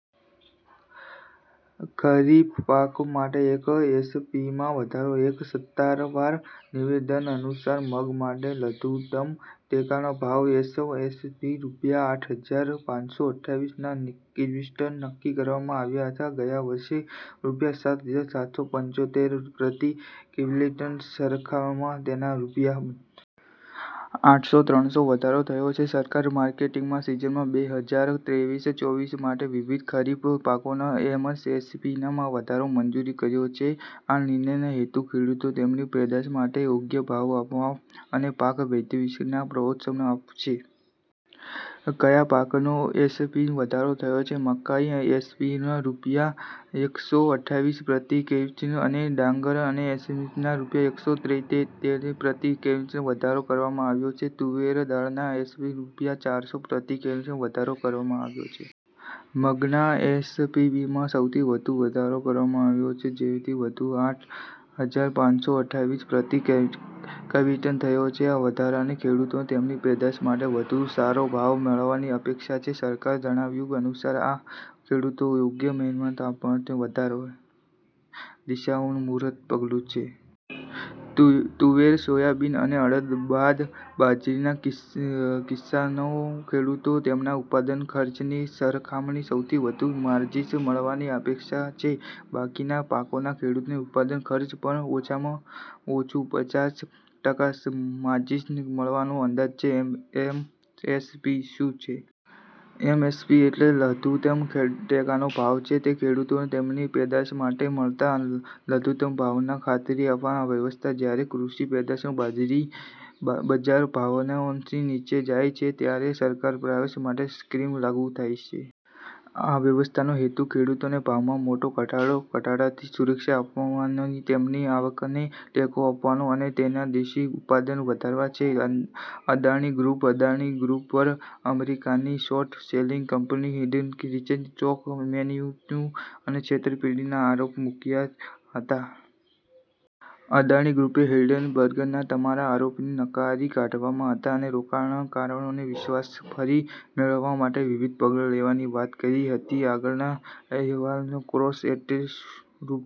ખરીફ પાક માટે એમએસપીમાં વધારો એક સત્તાવાર નિવેદન અનુસાર, મગ માટે લઘુત્તમ ટેકાના ભાવ (એમએસપી) રૂ. આઠ હજાર પાંચસો અઠ્ઠાવનપ્રતિ ક્વિન્ટલ નક્કી કરવામાં આવ્યા છે. ગયા વર્ષના રૂ. સાત હજાર સાતસો પંચોતેર પ્રતિ ક્વિન્ટલની સરખામણીમાં તેમાં રૂ. આઠસો ત્રણનો વધારો થયો છે. સરકારે માર્કેટિંગ સીઝન બેહજાર ત્રેવીસ-ચોવીસ માટે વિવિધ ખરીફ પાકોના એમએસપીમાં વધારો મંજૂર કર્યો છે. આ નિર્ણયનો હેતુ ખેડૂતોને તેમની પેદાશો માટે યોગ્ય ભાવ આપવાનો અને પાક વૈવિધ્યકરણને પ્રોત્સાહન આપવાનો છે. કયા પાકના એમએસપીમાં વધારો થયો? મકાઈના એમએસપીમાં રૂ. એકસો અઠ્ઠાવીસ પ્રતિ ક્વિન્ટલ અને ડાંગરના એમએસપીમાં રૂ. "એકસો ત્રેતાલીસ પ્રતિ ક્વિન્ટલનો વધારો કરવામાં આવ્યો છે. તુવેર દાળના એમએસપીમાં રૂ. ચારસો પ્રતિ ક્વિન્ટલનો વધારો કરવામાં આવ્યો છે. મગના એમએસપીમાં સૌથી વધુ વધારો કરવામાં આવ્યો છે, જે વધીને રૂ. આઠ હજાર પાંચસો અઠાવન પ્રતિ ક્વિન્ટલ થયો છે. આ વધારાથી ખેડૂતોને તેમની પેદાશો માટે વધુ સારો ભાવ મળવાની અપેક્ષા છે. સરકારના જણાવ્યા અનુસાર, આ ખેડૂતોને યોગ્ય મહેનતાણું આપવાની દિશામાં મહત્વનું પગલું છે. તુવેર, સોયાબીન અને અડદ બાદ બાજરીના કિસ્સામાં ખેડૂતોને તેમના ઉત્પાદન ખર્ચની સરખામણીમાં સૌથી વધુ માર્જિન મળવાની અપેક્ષા છે. બાકીના પાકોમાં ખેડૂતોને ઉત્પાદન ખર્ચ પર ઓછામાં ઓછું પચાસ ટકા માર્જિન મળવાનો અંદાજ છે. એમએસપી શું છે? એમએસપી એટલે લઘુત્તમ ટેકાનો ભાવ. તે ખેડૂતોને તેમની પેદાશ માટે મળતા લઘુત્તમ ભાવની ખાતરી આપતી વ્યવસ્થા છે. જ્યારે કૃષિ પેદાશોના બજાર ભાવએમએસપીથી નીચે જાય છે, ત્યારે સરકારની પ્રાઇસ સપોર્ટ સ્કીમ લાગુ થઈ શકે છે. આ વ્યવસ્થાનો હેતુ ખેડૂતોને ભાવમાં મોટા ઘટાડાથી સુરક્ષા આપવાનો, તેમની આવકને ટેકો આપવાનો અને દેશમાં કૃષિ ઉત્પાદન વધારવાનો છે. અદાણી ગ્રૂપ અદાણી ગ્રૂપ પર અમેરિકાની શોર્ટ-સેલિંગ કંપની હિંડનબર્ગ રિસર્ચે સ્ટોક મેનીપ્યુલેશન અને છેતરપિંડીના આરોપો મૂક્યા હતા. અદાણી ગ્રૂપે હિંડનબર્ગના તમામ આરોપોને નકારી કાઢ્યા હતા અને રોકાણકારોનો વિશ્વાસ ફરી મેળવવા માટે વિવિધ પગલાં લેવાની વાત કરી હતી. આગળના અહેવાલમાં ગ્રોસ એક્ટેસ